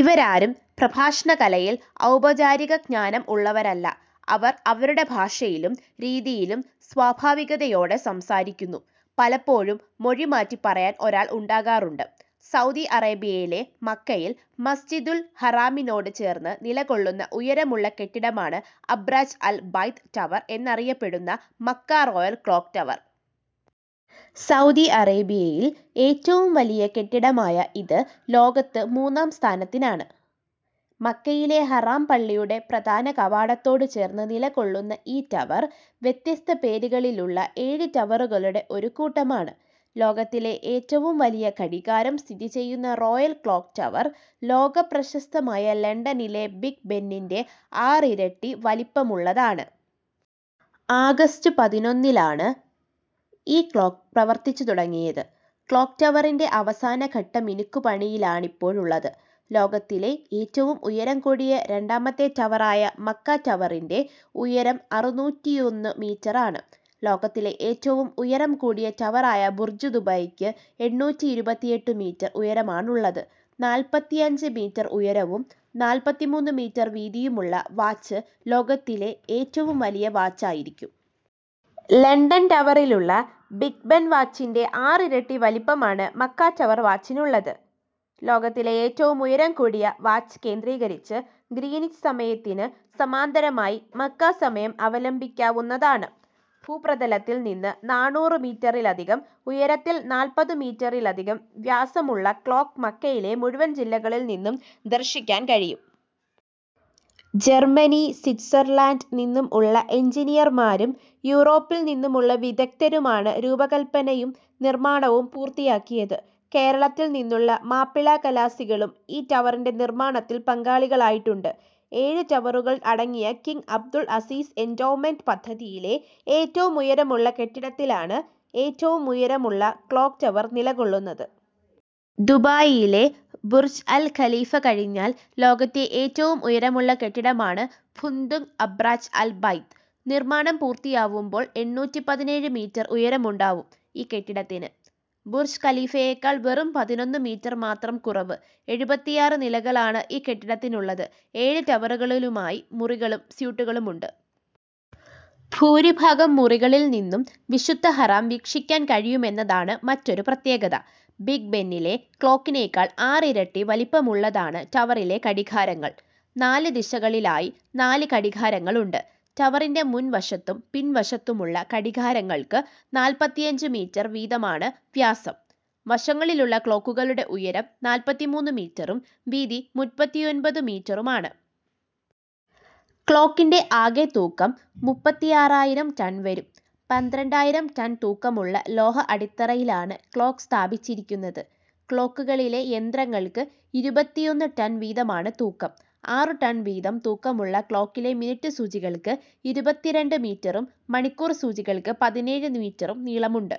ഇവരാരും പ്രഭാഷണകലയിൽ ഔപചാരികജ്ഞാനം ഉള്ളവരല്ല. അവർ അവരുടെ ഭാഷയിലും രീതിയിലും സ്വാഭാവികതയോടെ സംസാരിക്കുന്നു. പലപ്പോഴും മൊഴിമാറ്റി പറയാൻ ഒരാൾ ഉണ്ടാകാറുണ്ട്. സൗദി അറേബ്യയിലെ മക്കയിൽ മസ്ജിദുൽ ഹറാമിനോട് ചേർന്ന് നില കൊള്ളുന്ന ഉയരമുള്ള കെട്ടിടമാണ് അബ്രാജ് അൽ ബൈത്ത് ടവർ എന്നറിയപ്പെടുന്ന Makkah Royal Clock Tower. Saudi അറേബ്യയിൽ ഏറ്റവും വലിയ കെട്ടിടമായ ഇതു ലോകത്ത് മൂന്നാം സ്ഥാനത്തിനാണ്. മക്കയിലെ ഹറാം പള്ളിയുടെ പ്രധാന കവാടത്തോട് ചേർന്ന് നില കൊള്ളുന്ന ഈ ടവർ വ്യത്യസ്ത പേരുകളിലുള്ള ഏഴു ടവറുകളുടെ ഒരു കൂട്ടമാണ്. ലോകത്തിലെ ഏറ്റവും വലിയ ഘടികാരം സ്ഥിതിചെയ്യുന്ന റോയൽ ക്ലോക്ക്ടവർ ലോക പ്രശസ്തമായ ലണ്ടനിലെ ബിഗ് ബെന്നിന്റെ ആറിരട്ടി വലിപ്പമുള്ളതാണ്. ആഗസ്റ്റ് പതിനൊന്നിലാണ് ഈ ക്ലോക്ക് പ്രവർത്തിച്ചു തുടങ്ങിയത്. ക്ലോക്ക്ടവറിന്റെ അവസാനഘട്ട മിനുക്കു പണിയിലാണിപ്പോഴുള്ളത്. ലോകത്തിലെ ഏറ്റവും ഉയരം കൂടിയ രണ്ടാമത്തെ ടവറായ മക്ക ടവറിന്റെ ഉയരം അറുനൂറ്റിയൊന്നു മീറ്ററാണ്. ലോകത്തിലെ ഏറ്റവും ഉയരം കൂടിയ ടവറായ ബുർജ് ദുബൈക്ക് എണ്ണൂറ്റിഇരുപത്തിയെട്ടു മീറ്റർ ഉയരമാണുള്ളത്. നാല്പത്തിഅഞ്ച് മീറ്റർ ഉയരവും നാല്പത്തിമൂന്ന് മീറ്റർ വീതിയുമുള്ള വാച്ച് ലോകത്തിലെ ഏറ്റവും വലിയ വാച്ചായിരിക്കും. ലണ്ടൻ ടവറിലുള്ള ബിഗ് ബെൻ വാച്ചിന്റെ ആറിരട്ടി വലിപ്പമാണ് മക്ക ടവർ വാച്ചിനുള്ളത്. ലോകത്തിലെ ഏറ്റവും ഉയരം കൂടിയ വാച്ച് കേന്ദ്രീകരിച്ച് ഗ്രീനിച്ച് സമയത്തിന് സമാന്തരമായി മക്ക സമയം അവലംബിക്കാവുന്നതാണ്. ഭൂപ്രതലത്തിൽ നിന്നും നാണ്ണൂറ് മീറ്ററിലധികം ഉയരത്തിൽ നാൽപ്പതു മീറ്ററിലധികം വ്യാസമുള്ള ക്ലോക്ക് മക്കയിലെ മുഴുവൻ ജില്ലകളിൽ നിന്നും ദർശിക്കാൻ കഴിയും. ജർമനി, സ്വിറ്റ്സർലാന്റ് നിന്നും ഉള്ള എൻജിനീയർമാരും യൂറോപ്പിൽ നിന്നും ഉള്ള വിദഗ്തരുമാണ് രൂപകല്പനയും നിർമ്മാണവും പൂർത്തിയാക്കിയത്. കേരളത്തിൽ നിന്നുള്ള മാപ്പിള കലാസികളും ഈ ടവറിന്റെ നിർമ്മാണത്തിൽ പങ്കാളികളായിട്ടുണ്ട്. ഏഴു ടവറുകൾ അടങ്ങിയ കിംഗ് അബ്ദുൽ അസീസ് എൻഡോവ്മെന്റ് പദ്ധതിയിലെ ഏറ്റവും ഉയരമുള്ള കെട്ടിടത്തിലാണ് ഏറ്റവും ഉയരമുള്ള ക്ലോക്ക് ടവർ നിലകൊള്ളുന്നത്. ദുബായിലെ ബുർജ് അൽ ഖലീഫ കഴിഞ്ഞാൽ ലോകത്തെ ഏറ്റവും ഉയരമുള്ള കെട്ടിടമാണ് ഫുന്ദുഖ് അബ്രാജ് അൽ ബൈത്ത്. നിർമ്മാണം പൂർത്തിയാവുമ്പോൾ എണ്ണൂറ്റിപതിനേഴ് മീറ്റർ ഉയരമുണ്ടാവും ഈ കെട്ടിടത്തിന്. ബുർജ് ഖലീഫയേക്കാൾ വെറും പതിനൊന്ന് മീറ്റർ മാത്രം കുറവ്. എഴുപത്തിആറ് നിലകളാണ് ഈ കെട്ടിടത്തിനുള്ളത്. ഏഴ് ടവറുകളിലായി മുറികളും സ്യൂട്ടുകളുമുണ്ട്. ഭൂരിഭാഗം മുറികളിൽനിന്നും വിശുദ്ധ ഹറം വീക്ഷിക്കാൻ കഴിയുമെന്നതാണ് മറ്റൊരു പ്രത്യേകത. ബിഗ് ബെന്നിലെ ക്ലോക്കിനേക്കാൾ ആറിരട്ടി വലിപ്പമുള്ളതാണ് ടവറിലെ ഘടികാരങ്ങൾ. നാല് ദിശകളിലായി നാല് ഘടികാരങ്ങളുണ്ട്. ടവറിന്റെ മുൻവശത്തും പിൻവശത്തുമുള്ള ഘടികാരങ്ങൾക്ക് നാല്പത്തിഅഞ്ച് മീറ്റർ വീതമാണ് വ്യാസം. വശങ്ങളിലുള്ള ക്ലോക്കുകളുടെ ഉയരം നാൽപ്പത്തിമൂന്ന് മീറ്ററും വീതി മുപ്പത്തിഒൻപത് മീറ്ററുമാണ്. ക്ലോക്കിന്റെ ആകെ തൂക്കം മുപ്പത്തിആറായിരം ടൺ വരും. പന്ത്രണ്ടായിരം ടൺ തൂക്കമുള്ള ലോഹ അടിത്തറയിലാണ് ക്ലോക്ക് സ്ഥാപിച്ചിരിക്കുന്നത്. ക്ലോക്കുകളിലെ യന്ത്രങ്ങൾക്ക് ഇരുപത്തിയൊന്ന് ടൺ വീതമാണ് തൂക്കം. ആറു ടൺ വീതം തൂക്കമുള്ള ക്ലോക്കിലെ മിനുട്ട് സൂചികൾക്ക് ഇരുപത്തിരണ്ട് മീറ്ററും മണിക്കൂർ സൂചികൾക്ക് പതിനേഴ് മീറ്ററും നീളമുണ്ട്.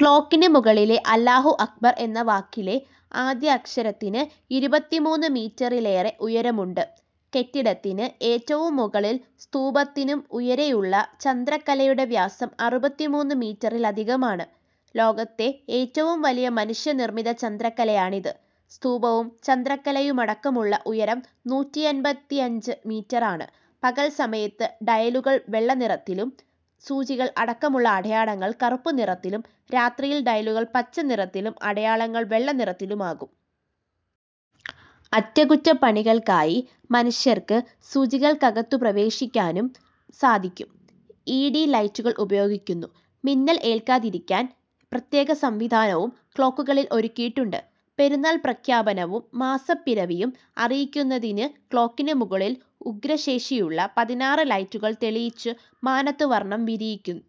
ക്ലോക്കിനു മുകളിലെ അല്ലാഹു അക്ബർ എന്ന വാക്കിലെ ആദ്യ അക്ഷരത്തിന് ഇരുപത്തിമൂന്ന് മീറ്ററിലേറെ ഉയരമുണ്ട്. കെട്ടിടത്തിന് ഏറ്റവും മുകളിൽ സ്തൂപത്തിനും ഉയരെയുള്ള ചന്ദ്രക്കലയുടെ വ്യാസം അറുപത്തിമൂന്ന് മീറ്ററിലധികമാണ്. ലോകത്തെ ഏറ്റവും വലിയ മനുഷ്യ നിർമിത ചന്ദ്രക്കലയാണിത്. സ്തൂപവും ചന്ദ്രക്കലയുമടക്കമുള്ള ഉയരം നൂറ്റിഅമ്പത്തിഅഞ്ച് മീറ്ററാണ്. പകൽ സമയത്ത് ഡയലുകൾ വെള്ള നിറത്തിലും സൂചികൾ അടക്കമുള്ള അടയാളങ്ങൾ കറുപ്പ് നിറത്തിലും രാത്രിയിൽ ഡയലുകൾ പച്ച നിറത്തിലും അടയാളങ്ങൾ വെള്ള നിറത്തിലുമാകും. അറ്റകുറ്റ പണികൾക്കായി മനുഷ്യർക്ക് സൂചികൾക്കകത്തു പ്രവേശിക്കാനും സാധിക്കും. ഇ. ഡി ലൈറ്റുകൾ ഉപയോഗിക്കുന്നു. മിന്നൽ എൽക്കാതിരിക്കാൻ പ്രത്യേക സംവിധാനവും ക്ലോക്കുകളിൽ ഒരുക്കിയിട്ടുണ്ട്. പെരുന്നാൾ പ്രക്യാപനവും മാസപ്പിരവിയും അറിയിക്കുന്നതിനു ക്ലോക്കിന് മുകളിൽ ഉഗ്രശേഷിയുള്ള പതിനാറ് ലൈറ്റുകൾ തെളിയിച്ചു മാനത്തു വർണം വിരിയിക്കും.